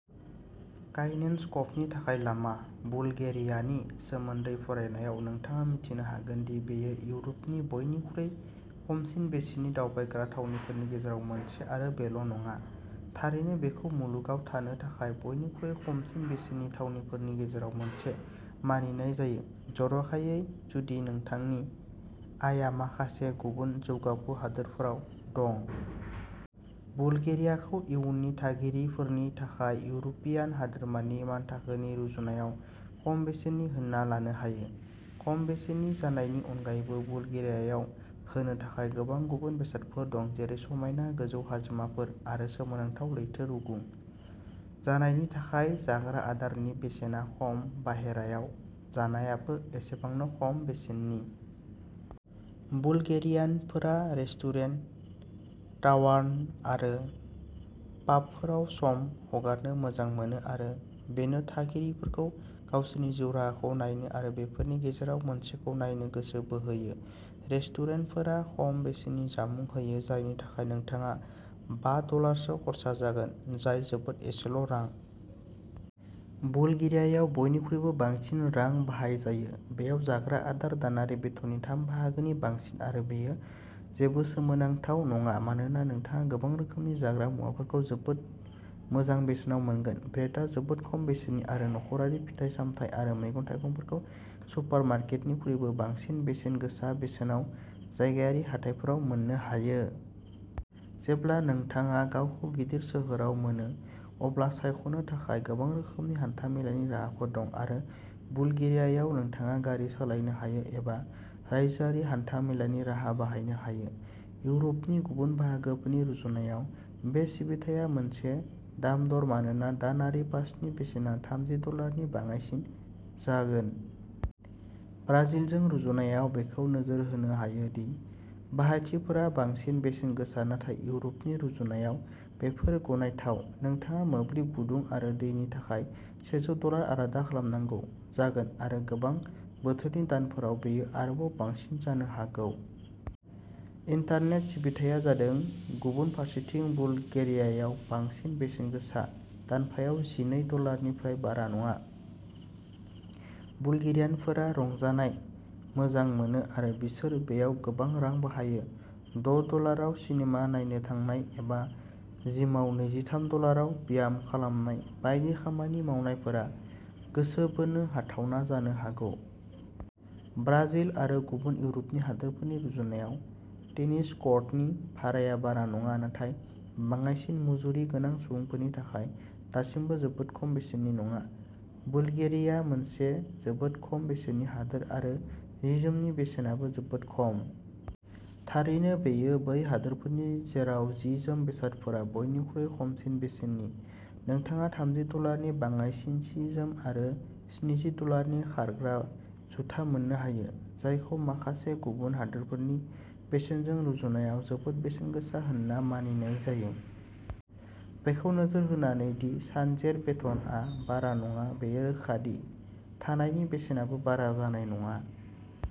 काइनेन्स कभनि थाखाय लामा। बुलगेरियानि सोमोन्दै फरायनायाव नोंथाङा मिथिनो हागोन दि बेयो इउरपनि बयनिख्रुइ खमसिन बेसेननि दावबायग्रा थावनिफोरनि गेजेराव मोनसे आरो बेल' नङा। थारैनो बेखौ मुलुगाव थानो थाखाय बयनिख्रुइ खमसिन बेसेननि थावनिफोरनि गेजेराव मोनसे मानिनाय जायो जर'खायै जुदि नोंथांनि आयआ माखासे गुबुन जौगाफु हादोरफोराव दं। बुलगेरियाखौ इयुननि थागिरिफोरनि थाखाय इउर'पियान हादोरमानि मानथाखोनि रुजुनायाव खम बेसेननि होनना लानो हायो। खम बेसेननि जानायनि अनगायैबो बुलगेरियायाव होनो थाखाय गोबां गुबुन बेसादफोर दं जेरै समायना गोजौ हाजोमाफोर आरो सोमोनांथाव लैथो रुगुं। जानायनि थाखाय जाग्रा आदारनि बेसेना खम बाहेरायाव जानायाबो एसेबांनो खम बेसेननि। बुलगेरियानफोरा रेस्टुरेन्ट, टावार्न आरो पाबफोराव सम हगारनो मोजां मोनो आरो बेनो थागिरिफोरखौ गावसोरनि जिउ राहाखौ नायनो आरो बेफोरनि गेजेराव मोनसेखौ नायनो गोसो बोहोयो। रेस्टुरेन्टफोरा खम बेसेननि जामुं होयो जायनि थाखाय नोंथाङा बा डलारसो खर्सा जागोन जाय जोबोद एसेल' रां। बुलगेरियायाव बयनिख्रुइबो बांसिन रां बाहायजायो बेयाव जाग्रा आदार दानारि बेथननि थाम बाहागोनि बांसिन आरो बेयो जेबो सोमोनांथाव नङा मानोना नोंथाङा गोबां रोखोमनि जाग्रा मुवाफोरखौ जोबोद मोजां बेसेनाव मोनगोन। ब्रेडआ जोबोद खम बेसेननि आरो न'खरारि फिथाइ-सामथाइ आरो मैगं-थाइगंफोरखौ सुपारमार्केटनिख्रुइबो बांसिन बेसेनगोसा बेसेनाव जायगायारि हाथाइफोराव मोननो हायो। जेब्ला नोंथाङा गावखौ गिदिर सोहोराव मोनो अब्ला सायख'नो थाखाय गोबां रोखोमनि हान्था-मेलानि राहाफोर दं आरो बुलगेरियायाव नोंथाङा गारि सालायनो हायो एबा रायजोआरि हान्था-मेलानि राहा बाहायनो हायो। इउरपनि गुबुन बाहागोफोरनि रुजुनायाव बे सिबिथाया मोनसे दाम-दर मानोना दानारि पासनि बेसेना थामजि डलारनि बाङाइसिन जागोन। ब्राजिलजों रुजुनायाव बेखौ नोजोर होनो हायो दि बाहायथिफोरा बांसिन बेसेनगोसा नाथाय इउर'पनि रुजुनायाव बेफोरो गनायथाव। नोंथाङा मोब्लिब गुदुं आरो दैनि थाखाय सेजौ डलार आलादा खालामनांगौ जागोन आरो गोजां बोथोरनि दानफोराव बेयो आरोबाव बांसिन जानो हागौ। इन्टारनेट सिबिथाया जादों गुबुन फारसेथिं बुलगेरियायाव बांसिन बेसेनगोसा दानफायाव जिनै डलारनिफ्राय बारा नङा। बुलगेरियानफोरा रंजानाय मोजां मोनो आरो बिसोर बेयाव गोबां रां बाहायो। द' डलाराव सिनेमा नायनो थांनाय एबा जिमाव नैजिथाम डलाराव ब्याम खालामनाय बायदि खामानि मावनायफोरा गोसो बोनो हाथावना जानो हागौ। ब्राजिल आरो गुबुन इउर'पनि हादोरफोरनि रुजुनायाव टेनिस क'र्टनि भाराया बारा नङा नाथाय बाङाइसिन मुजुरि गोनां सुबुंफोरनि थाखाय दासिमबो जोबोद खम बेसेननि नङा। बुलगेरिया मोनसे जोबोद खम बेसेननि हादोर आरो जि-जोमनि बेसेनाबो जोबोद खम। थारैनो बेयो बै हादोरफोरनि जेराव जि-जोम बेसादफोरा बयनिख्रुइ खमसिन बेसेननि। नोंथाङा थामजि डलारनि बाङाइसिन जि-जोम आरो स्निजि डलारनि खारग्रा जुथा मोननो हायो। जायखौ माखासे गुबुन हादोरफोरनि बेसेनजों रुजुनायाव जोबोद बेसेनगोसा होनना मानिनाय जायो। बेखौ नोजोर होनानै दि सानजेर बेथनआ बारा नङा बेयो रोखा दि थानायनि बेसेनाबो बारा जानाय नङा।